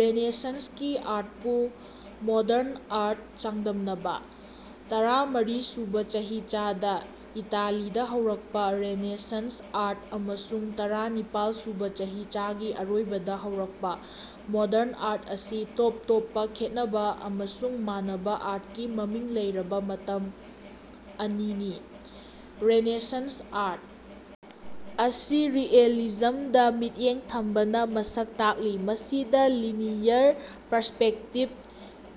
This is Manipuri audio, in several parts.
ꯔꯦꯅꯦꯁꯟꯁꯀꯤ ꯑꯥꯔꯠꯄꯨ ꯃꯣꯗꯔꯟ ꯑꯥꯔꯠꯀ ꯆꯥꯡꯗꯝꯅꯕ꯫ ꯇꯔꯥꯃꯔꯤ ꯁꯨꯕ ꯆꯍꯤꯆꯥꯗ ꯏꯇꯥꯂꯤꯗ ꯍꯧꯔꯛꯄ ꯔꯦꯅꯦꯁꯟꯁ ꯑꯥꯔꯠ ꯑꯃꯁꯨꯡ ꯇꯔꯥꯅꯤꯄꯜ ꯁꯨꯕ ꯆꯍꯤꯆꯥꯒꯤ ꯑꯔꯣꯏꯕꯗ ꯍꯧꯔꯛꯄ ꯃꯣꯗꯔꯟ ꯑꯥꯔꯠ ꯑꯁꯤ ꯇꯣꯞ ꯇꯣꯞꯄ ꯈꯦꯠꯅꯕ ꯑꯃꯁꯨꯡ ꯃꯥꯟꯅꯕ ꯑꯥꯔꯠꯀꯤ ꯃꯃꯤꯡ ꯂꯩꯔꯕ ꯃꯇꯝ ꯑꯅꯤꯅꯤ꯫ ꯔꯦꯅꯦꯁꯟꯁ ꯑꯥꯔꯠ ꯑꯁꯤ ꯔꯤꯑꯦꯂꯤꯖꯝꯗ ꯃꯤꯠꯌꯦꯡ ꯊꯝꯕꯅ ꯃꯁꯛ ꯇꯥꯛꯂꯤ, ꯃꯁꯤꯗ ꯂꯤꯅꯤꯌꯔ ꯄꯔꯁꯄꯦꯛꯇꯤꯕ,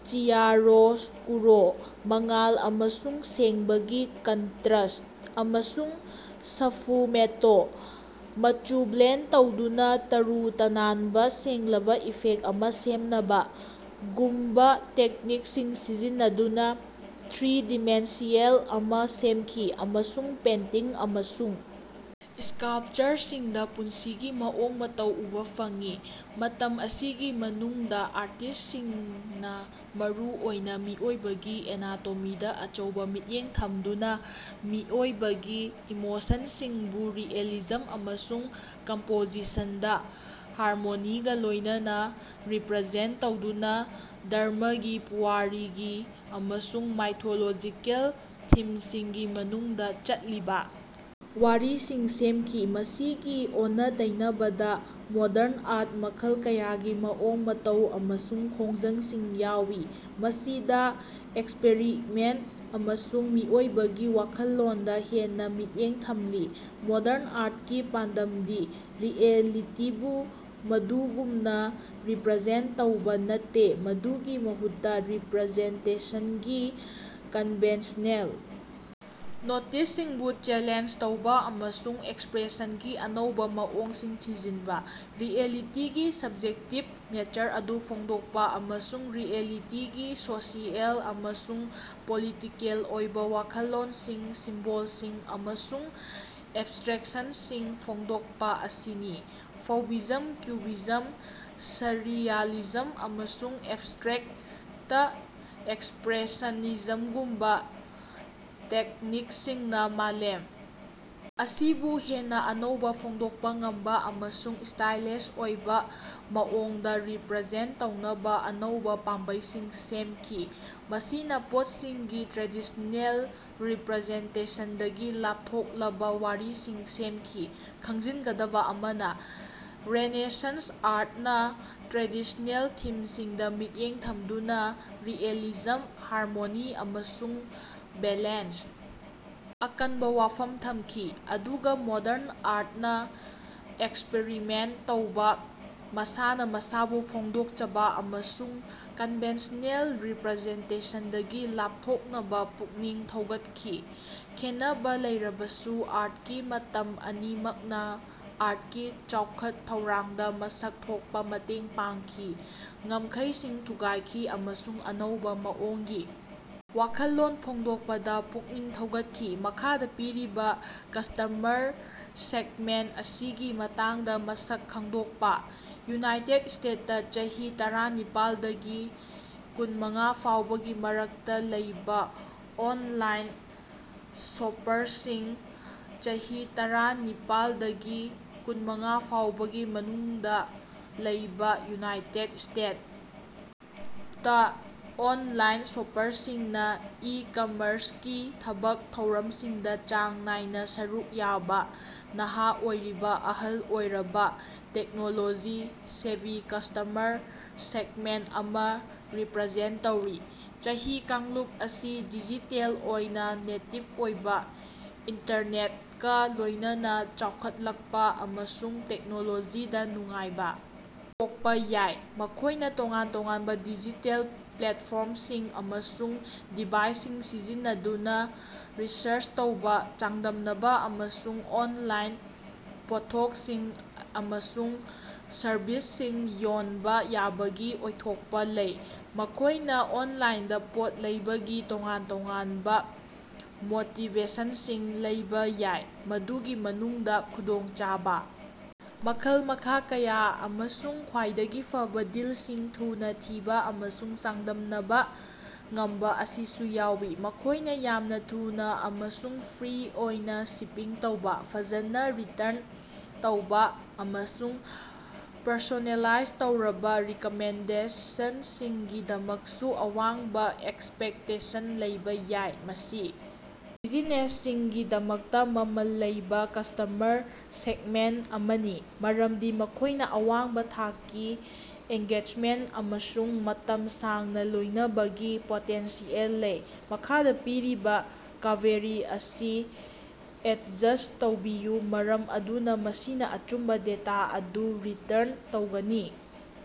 ꯆꯤꯌꯥꯔꯣꯁꯀꯨꯔꯣ (ꯃꯉꯥꯜ ꯑꯃꯁꯨꯡ ꯁꯦꯡꯕꯒꯤ ꯀꯟꯇ꯭ꯔꯁ), ꯑꯃꯁꯨꯡ ꯁ꯭ꯐꯨꯃꯦꯇꯣ (ꯃꯆꯨ ꯕ꯭ꯂꯦꯟꯗ ꯇꯧꯗꯨꯅ ꯇꯔꯨ ꯇꯅꯥꯟꯕ, ꯁꯦꯡꯂꯕ ꯏꯐꯦꯛ ꯑꯃ ꯁꯦꯝꯅꯕ)ꯒꯨꯝꯕ ꯇꯦꯛꯅꯤꯛꯁꯤꯡ ꯁꯤꯖꯤꯟꯅꯗꯨꯅ ꯊ꯭ꯔꯤ-ꯗꯤꯃꯦꯟꯁꯤꯌꯦꯜ ꯑꯃ ꯁꯦꯝꯈꯤ꯫ ꯑꯃꯁꯨꯡ ꯄꯦꯟꯇꯤꯡ ꯑꯃꯁꯨꯡ ꯁ꯭ꯀꯥꯂꯞꯆꯔꯁꯤꯡꯗ ꯄꯨꯟꯁꯤꯒꯤ ꯃꯑꯣꯡ ꯃꯇꯧ ꯎꯕ ꯐꯪꯏ꯫ ꯃꯇꯝ ꯑꯁꯤꯒꯤ ꯃꯅꯨꯡꯗ ꯑꯥꯔꯇꯤꯁꯁꯤꯡꯅ ꯃꯔꯨ ꯑꯣꯏꯅ ꯃꯤꯑꯣꯏꯕꯒꯤ ꯑꯦꯅꯥꯇꯣꯃꯤꯗ ꯑꯆꯧꯕ ꯃꯤꯠꯌꯦꯡ ꯊꯝꯗꯨꯅ, ꯃꯤꯑꯣꯏꯕꯒꯤ ꯏꯃꯣꯁꯟꯁꯤꯡꯕꯨ ꯔꯤꯑꯦꯂꯤꯖꯝ ꯑꯃꯁꯨꯡ ꯀꯝꯄꯣꯖꯤꯁꯟꯗ ꯍꯥꯔꯃꯣꯅꯤꯒ ꯂꯣꯏꯅꯅ ꯔꯤꯄ꯭ꯔꯖꯦꯟꯠ ꯇꯧꯗꯨꯅ ꯙꯔꯝꯃꯒꯤ, ꯄꯨꯋꯥꯔꯤꯒꯤ ꯑꯃꯁꯨꯡ ꯃꯥꯏꯊꯣꯂꯣꯖꯤꯀꯦꯜ ꯊꯤꯝꯁꯤꯡꯒꯤ ꯃꯅꯨꯡꯗ ꯆꯠꯂꯤꯕ ꯋꯥꯔꯤꯁꯤꯡ ꯁꯦꯝꯈꯤ꯫ ꯃꯁꯤꯒꯤ ꯑꯣꯟꯅ-ꯇꯩꯅꯕꯗ, ꯃꯣꯗꯔꯟ ꯑꯥꯔꯠꯅ ꯃꯈꯜ ꯀꯌꯥꯒꯤ ꯃꯑꯣꯡ ꯃꯇꯧ ꯑꯃꯁꯨꯡ ꯈꯣꯡꯖꯪꯁꯤꯡ ꯌꯥꯎꯏ, ꯃꯁꯤꯗ ꯑꯦꯛꯁꯄꯔꯤꯃꯦꯟꯠ ꯑꯃꯁꯨꯡ ꯃꯤꯑꯣꯏꯕꯒꯤ ꯋꯥꯈꯜꯂꯣꯟꯗ ꯍꯦꯟꯅ ꯃꯤꯠꯌꯦꯡ ꯊꯝꯂꯤ꯫ ꯃꯣꯗꯔꯟ ꯑꯥꯔꯠꯀꯤ ꯄꯥꯟꯗꯝꯗꯤ ꯔꯤꯑꯦꯂꯤꯇꯤꯕꯨ ꯃꯗꯨꯒꯨꯝꯅ ꯔꯤꯄ꯭ꯔꯖꯦꯟꯠ ꯇꯧꯕ ꯅꯠꯇꯦ, ꯃꯗꯨꯒꯤ ꯃꯍꯨꯠꯇ ꯔꯤꯄ꯭ꯔꯖꯦꯟꯇꯦꯁꯟꯒꯤ ꯀꯟꯚꯦꯟꯁꯅꯦꯜ ꯅꯣꯇꯤꯁꯁꯤꯡꯕꯨ ꯆꯦꯂꯦꯟꯖ ꯇꯧꯕ ꯑꯃꯁꯨꯡ ꯑꯦꯛꯁꯄ꯭ꯔꯦꯁꯟꯒꯤ ꯑꯅꯧꯕ ꯃꯑꯣꯡꯁꯤꯡ ꯊꯤꯖꯤꯟꯕ, ꯔꯤꯑꯦꯂꯤꯇꯤꯒꯤ ꯁꯕ꯭ꯖꯦꯛꯇꯤꯕ ꯅꯦꯆꯔ ꯑꯗꯨ ꯐꯣꯡꯗꯣꯛꯄ, ꯑꯃꯁꯨꯡ ꯔꯤꯑꯦꯂꯤꯇꯤꯒꯤ ꯁꯣꯁꯤꯑꯦꯜ ꯑꯃꯁꯨꯡ ꯄꯣꯂꯤꯇꯤꯀꯦꯜ ꯑꯣꯏꯕ ꯋꯥꯈꯜꯂꯣꯟꯁꯤꯡ, ꯁꯤꯝꯕꯣꯜꯁꯤꯡ ꯑꯃꯁꯨꯡ ꯑꯦꯕꯁꯇ꯭ꯔꯦꯛꯁꯟꯁꯤꯡ ꯐꯣꯡꯗꯣꯛꯄ ꯑꯁꯤꯅꯤ꯫ ꯐꯧꯚꯤꯖꯝ, ꯀ꯭ꯌꯨꯕꯤꯖꯝ, ꯁꯔꯔꯤꯌꯥꯂꯤꯖꯝ ꯑꯃꯁꯨꯡ ꯑꯦꯕꯁꯇ꯭ꯔꯦꯛꯇ ꯑꯦꯛꯁꯄ꯭ꯔꯦꯁꯅꯤꯖꯝꯒꯨꯝꯕ ꯇꯦꯛꯅꯤꯛꯁꯤꯡꯅ ꯃꯥꯂꯦꯝ ꯑꯁꯤꯕꯨ ꯍꯦꯟꯅ ꯑꯅꯧꯕ, ꯐꯣꯡꯗꯣꯛꯄ ꯉꯝꯕ ꯑꯃꯁꯨꯡ ꯁ꯭ꯇꯥꯏꯂꯏꯖ ꯑꯣꯏꯕ ꯃꯑꯣꯡꯗ ꯔꯤꯄ꯭ꯔꯖꯦꯟꯠ ꯇꯧꯅꯕ ꯑꯅꯧꯕ ꯄꯥꯝꯕꯩꯁꯤꯡ ꯁꯦꯝꯈꯤ, ꯃꯁꯤꯅ ꯄꯣꯠꯁꯤꯡꯒꯤ ꯇ꯭ꯔꯦꯗꯤꯁꯅꯦꯜ ꯔꯤꯄ꯭ꯔꯖꯦꯟꯇꯦꯁꯟꯗꯒꯤ ꯂꯥꯞꯊꯣꯛꯂꯕ ꯋꯥꯔꯤꯁꯤꯡ ꯁꯦꯝꯈꯤ꯫ ꯈꯪꯖꯤꯟꯒꯗꯕ ꯑꯃꯅ, ꯔꯦꯅꯦꯁꯟꯁ ꯑꯥꯔꯠꯅ ꯇ꯭ꯔꯦꯗꯤꯁꯅꯦꯜ ꯊꯤꯝꯁꯤꯡꯗ ꯃꯤꯠꯌꯦꯡ ꯊꯝꯗꯨꯅ ꯔꯤꯑꯦꯂꯤꯖꯝ, ꯍꯥꯔꯃꯣꯅꯤ ꯑꯃꯁꯨꯡ ꯕꯦꯂꯦꯟꯁꯇ ꯑꯀꯟꯕ ꯋꯥꯐꯝ ꯊꯝꯈꯤ, ꯑꯗꯨꯒ ꯃꯣꯗꯔꯟ ꯑꯥꯔꯠꯅ ꯑꯦꯛꯁꯄ꯭ꯔꯤꯃꯦꯟꯠ ꯇꯧꯕ, ꯃꯁꯥꯅ ꯃꯁꯥꯕꯨ ꯐꯣꯡꯗꯣꯛꯆꯕ ꯑꯃꯁꯨꯡ ꯀꯟꯚꯦꯟꯁꯅꯦꯜ ꯔꯤꯄ꯭ꯔꯖꯦꯟꯇꯦꯁꯟꯗꯒꯤ ꯂꯥꯞꯊꯣꯛꯅꯕ ꯄꯨꯛꯅꯤꯡ ꯊꯧꯒꯠꯈꯤ꯫ ꯈꯦꯟꯅꯕ ꯂꯩꯔꯕꯁꯨ ꯑꯥꯔꯠꯀꯤ ꯃꯇꯝ ꯑꯅꯤꯃꯛꯅ ꯑꯥꯔꯠꯀꯤ ꯆꯥꯎꯈꯠ-ꯊꯧꯔꯥꯡꯗ ꯃꯁꯛ ꯊꯣꯛꯄ ꯃꯇꯦꯡ ꯄꯥꯡꯈꯤ, ꯉꯝꯈꯩꯁꯤꯡ ꯊꯨꯒꯥꯏꯈꯤ ꯑꯃꯁꯨꯡ ꯑꯅꯧꯕ ꯃꯑꯣꯡꯒꯤ ꯋꯥꯈꯜꯂꯣꯟ ꯐꯣꯡꯗꯣꯛꯄꯗ ꯄꯨꯛꯅꯤꯡ ꯊꯧꯒꯠꯈꯤ꯫ ꯃꯈꯥꯗ ꯄꯤꯔꯤꯕ ꯀꯁꯇꯃꯔ ꯁꯦꯒꯃꯦꯟꯠ ꯑꯁꯤꯒꯤ ꯃꯇꯥꯡꯗ ꯃꯁꯛ ꯈꯪꯗꯣꯛꯄ꯫ ꯌꯨꯅꯥꯏꯇꯦꯗ ꯁ꯭ꯇꯦꯠ ꯇ ꯆꯍꯤ ꯇꯔꯥꯅꯤꯄꯥꯜ ꯗꯒꯤ ꯀꯨꯟꯃꯉꯥ ꯐꯥꯎꯕꯒꯤ ꯃꯔꯛꯇ ꯂꯩꯕ ꯑꯣꯟꯂꯥꯏꯟ ꯁꯣꯄꯔꯁꯤꯡ꯫ ꯆꯍꯤ ꯇꯔꯥꯅꯤꯄꯥꯜ ꯗꯒꯤ ꯀꯨꯟꯃꯉꯥ ꯐꯥꯎꯕꯒꯤ ꯃꯅꯨꯡꯗ ꯂꯩꯕ ꯌꯨꯅꯥꯏꯇꯦꯗ ꯁ꯭ꯇꯦꯠ ꯇ ꯑꯣꯟꯂꯥꯏꯟ ꯁꯣꯄꯔꯁꯤꯡꯅ ꯏ-ꯀꯝꯃꯔꯁꯀꯤ ꯊꯕꯛ ꯊꯧꯔꯝꯁꯤꯡꯗ ꯆꯥꯡ ꯅꯥꯏꯅ ꯁꯔꯨꯛ ꯌꯥꯕ ꯅꯍꯥ ꯑꯣꯏꯔꯤꯕ ꯑꯍꯜ ꯑꯣꯏꯔꯕ, ꯇꯦꯛꯅꯣꯂꯣꯖꯤ-ꯁꯦꯚꯤ ꯀꯁꯇꯃꯔ ꯁꯦꯒꯃꯦꯟꯠ ꯑꯃ ꯔꯤꯄ꯭ꯔꯖꯦꯟꯠ ꯇꯧꯔꯤ꯫ ꯆꯍꯤ ꯀꯥꯡꯂꯨꯞ ꯑꯁꯤ ꯗꯤꯖꯤꯇꯦꯜ ꯑꯣꯏꯅ ꯅꯦꯇꯤꯕ ꯑꯣꯏꯕ, ꯏꯟꯇꯔꯅꯦꯠꯀ ꯂꯣꯏꯅꯅ ꯆꯥꯎꯈꯠꯂꯛꯄ ꯑꯃꯁꯨꯡ ꯇꯦꯛꯅꯣꯂꯣꯖꯤꯗ ꯅꯨꯡꯉꯥꯏꯕ ꯄꯣꯛꯄ ꯌꯥꯏ꯫ ꯃꯈꯣꯏꯅ ꯇꯣꯉꯥꯟ ꯇꯣꯉꯥꯟꯕ ꯗꯤꯖꯤꯇꯦꯜ ꯄ꯭ꯂꯦꯠꯐꯣꯔꯝꯁꯤꯡ ꯑꯃꯁꯨꯡ ꯗꯤꯚꯥꯏꯁꯁꯤꯡ ꯁꯤꯖꯤꯟꯅꯗꯨꯅ ꯔꯤꯁꯔꯆ ꯇꯧꯕ, ꯆꯥꯡꯗꯝꯅꯕ ꯑꯃꯁꯨꯡ ꯑꯣꯟꯂꯥꯏꯟ ꯄꯣꯠꯊꯣꯛꯁꯤꯡ ꯑꯃꯁꯨꯡ ꯁꯔꯕꯤꯁꯁꯤꯡ ꯌꯣꯟꯕ ꯌꯥꯕꯒꯤ ꯑꯣꯏꯊꯣꯛꯄ ꯂꯩ꯫ ꯃꯈꯣꯏꯅ ꯑꯣꯟꯂꯥꯏꯟꯗ ꯄꯣꯠ ꯂꯩꯕꯒꯤ ꯇꯣꯉꯥꯟ-ꯇꯣꯉꯥꯟꯕ ꯃꯣꯇꯤꯚꯦꯁꯟꯁꯤꯡ ꯂꯩꯕ ꯌꯥꯏ, ꯃꯗꯨꯒꯤ ꯃꯅꯨꯡꯗ ꯈꯨꯗꯣꯡꯆꯥꯕ, ꯃꯈꯜ-ꯃꯈꯥ ꯀꯌꯥ, ꯑꯃꯁꯨꯡ ꯈ꯭ꯋꯥꯏꯗꯒꯤ ꯐꯕ ꯗꯤꯜꯁꯤꯡ ꯊꯨꯅ ꯊꯤꯕ ꯑꯃꯁꯨꯡ ꯆꯥꯡꯗꯝꯅꯕ ꯉꯝꯕ ꯑꯁꯤꯁꯨ ꯌꯥꯎꯏ꯫ ꯃꯈꯣꯏꯅ ꯌꯥꯝꯅ ꯊꯨꯅ ꯑꯃꯁꯨꯡ ꯐ꯭ꯔꯤ ꯑꯣꯏꯅ ꯁꯤꯄꯤꯡ ꯇꯧꯕ, ꯐꯖꯅ ꯔꯤꯇꯔꯟ ꯇꯧꯕ, ꯑꯃꯁꯨꯡ ꯄꯔꯁꯣꯅꯦꯂꯥꯏꯖ ꯇꯧꯔꯕ ꯔꯤꯀꯃꯦꯟꯗꯦꯁꯟꯁꯤꯡꯒꯤꯗꯃꯛꯁꯨ ꯑꯋꯥꯡꯕ ꯑꯦꯛꯁꯄꯦꯛꯇꯦꯁꯟ ꯂꯩꯕ ꯌꯥꯏ꯫ ꯃꯁꯤ ꯕꯤꯖꯤꯅꯦꯁꯁꯤꯡꯒꯤꯗꯃꯛꯇ ꯃꯃꯜ ꯂꯩꯕ ꯀꯁꯇꯃꯔ ꯁꯦꯒꯃꯦꯟꯠ ꯑꯃꯅꯤ, ꯃꯔꯝꯗꯤ ꯃꯈꯣꯏꯗ ꯑꯋꯥꯡꯕ ꯊꯥꯛꯀꯤ ꯑꯦꯡꯒꯦꯖꯃꯦꯟꯠ ꯑꯃꯁꯨꯡ ꯃꯇꯝ ꯁꯥꯡꯅ ꯂꯣꯏꯅꯕꯒꯤ ꯄꯣꯇꯦꯟꯁꯤꯌꯦꯜ ꯂꯩ꯫ ꯃꯈꯥꯗ ꯄꯤꯔꯤꯕ ꯀꯕꯦꯔꯤ ꯑꯁꯤ ꯑꯦꯗꯖꯁ ꯇꯧꯕꯤꯌꯨ ꯃꯔꯝ ꯑꯗꯨꯅ ꯃꯁꯤꯅ ꯑꯆꯨꯝꯕ ꯗꯦꯇꯥ ꯑꯗꯨ ꯔꯤꯇꯔꯟ ꯇꯧꯒꯅꯤ꯫